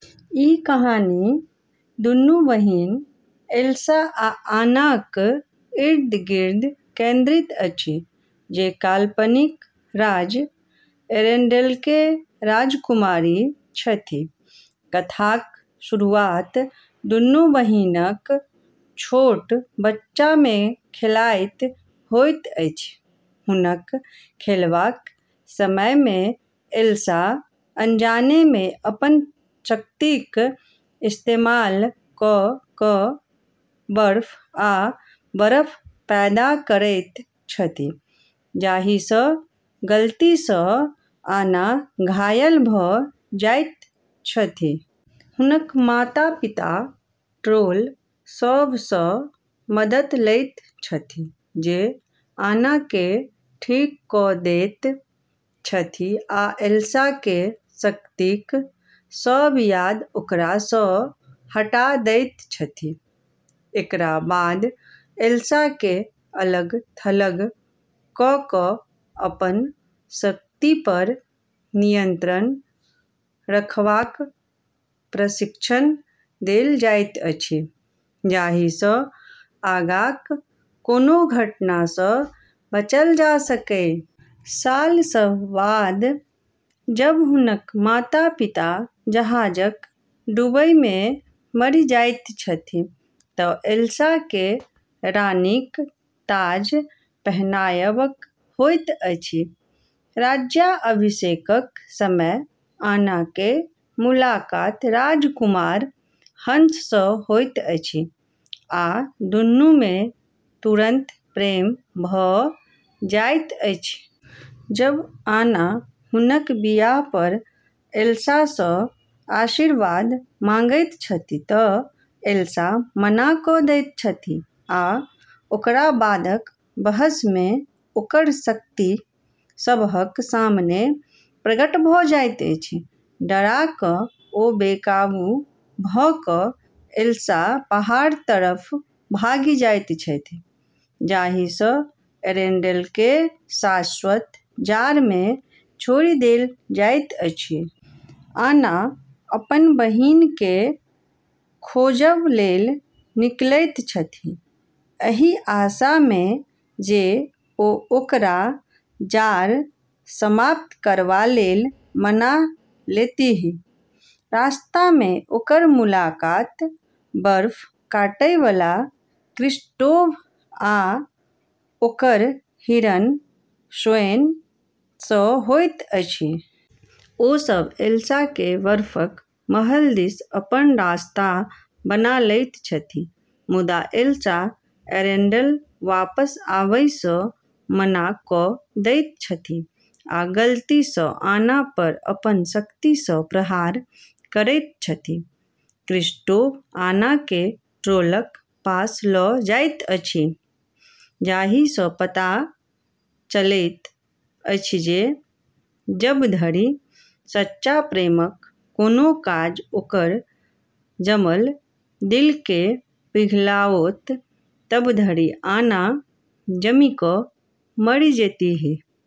ई कहानी दुनू बहिन एल्सा आ अन्नाक इर्द-गिर्द केंद्रित अछि, जे काल्पनिक राज्य एरेंडेलके राजकुमारी छथि। कथाक शुरुआत दुनू बहिनक छोट बच्चा मे खेलैत होइत अछि। हुनक खेलबाक समय मे एल्सा अनजाने मे अपन शक्तिक इस्तेमाल कऽ कऽ बर्फ आ बरफ पैदा करैत छथि, जाही सँ गलती सँ अन्ना घायल भऽ जाइत छथि। हुनक माता-पिता ट्रोल सभ सँ मदद लैत छथि, जे अन्नाके ठीक कऽ दैत छथि आ एल्साके शक्तिक सब याद ओकरा सँ हटा दैत छथि। एकरा बाद एल्साके अलग-थलग कऽ कऽ अपन शक्ति पर नियंत्रण रखबाक प्रशिक्षण देल जाइत अछि, जाही सँ आगाँक कोनो घटना सँ बचल जा सकै। साल सभ बाद जब हुनक माता-पिता जहाजक डूबै मे मरि जाइत छथि, तँ एल्साके रानीक ताज पहनाएबक होइत अछि। राज्याभिषेकक समय अन्नाके मुलाकात राजकुमार हंस सँ होइत अछि, आ दुनू मे तुरंत प्रेम भऽ जाइत अछि। जब अन्ना हुनक बिआह पर एल्सा सँ आशीर्वाद मांगैत छथि तँ एल्सा मना कऽ दैत छथि आ ओकरा बादक बहस मे ओकर शक्ति सबहक सामने प्रकट भऽ जाइत अछि। डरा कऽ आ बेकाबू भऽ कऽ एल्सा पहाड़ तरफ भागि जाइत छथि, जाही सँ एरेंडेलके शाश्वत जाड़ मे छोड़ि देल जाइत अछि। अन्ना अपन बहिनके खोजब लेल निकलैत छथि, एहि आशा मे जे ओ ओकरा जाड़ समाप्त करबा लेल मना लेतीह। रास्ता मे ओकर मुलाकात बर्फ काटै बला क्रिस्टोफ आ ओकर हिरन स्वेन सँ होइत अछि। ओ सभ एल्साके बर्फक महल दिस अपन रास्ता बना लैत छथि, मुदा एल्सा एरेंडेल वापस आबै सँ मना कऽ दैत छथि, आ गलती सँ अन्ना पर अपन शक्ति सँ प्रहार करैत छथि। क्रिस्टोफ अन्नाके ट्रोलक पास लऽ जाइत अछि, जाही सँ पता चलैत अछि जे जब धरि सच्चा प्रेमक कोनो काज ओकर जमल दिलके पिघलाओत, तब धरि अन्ना जमि कऽ मरि जेतीह।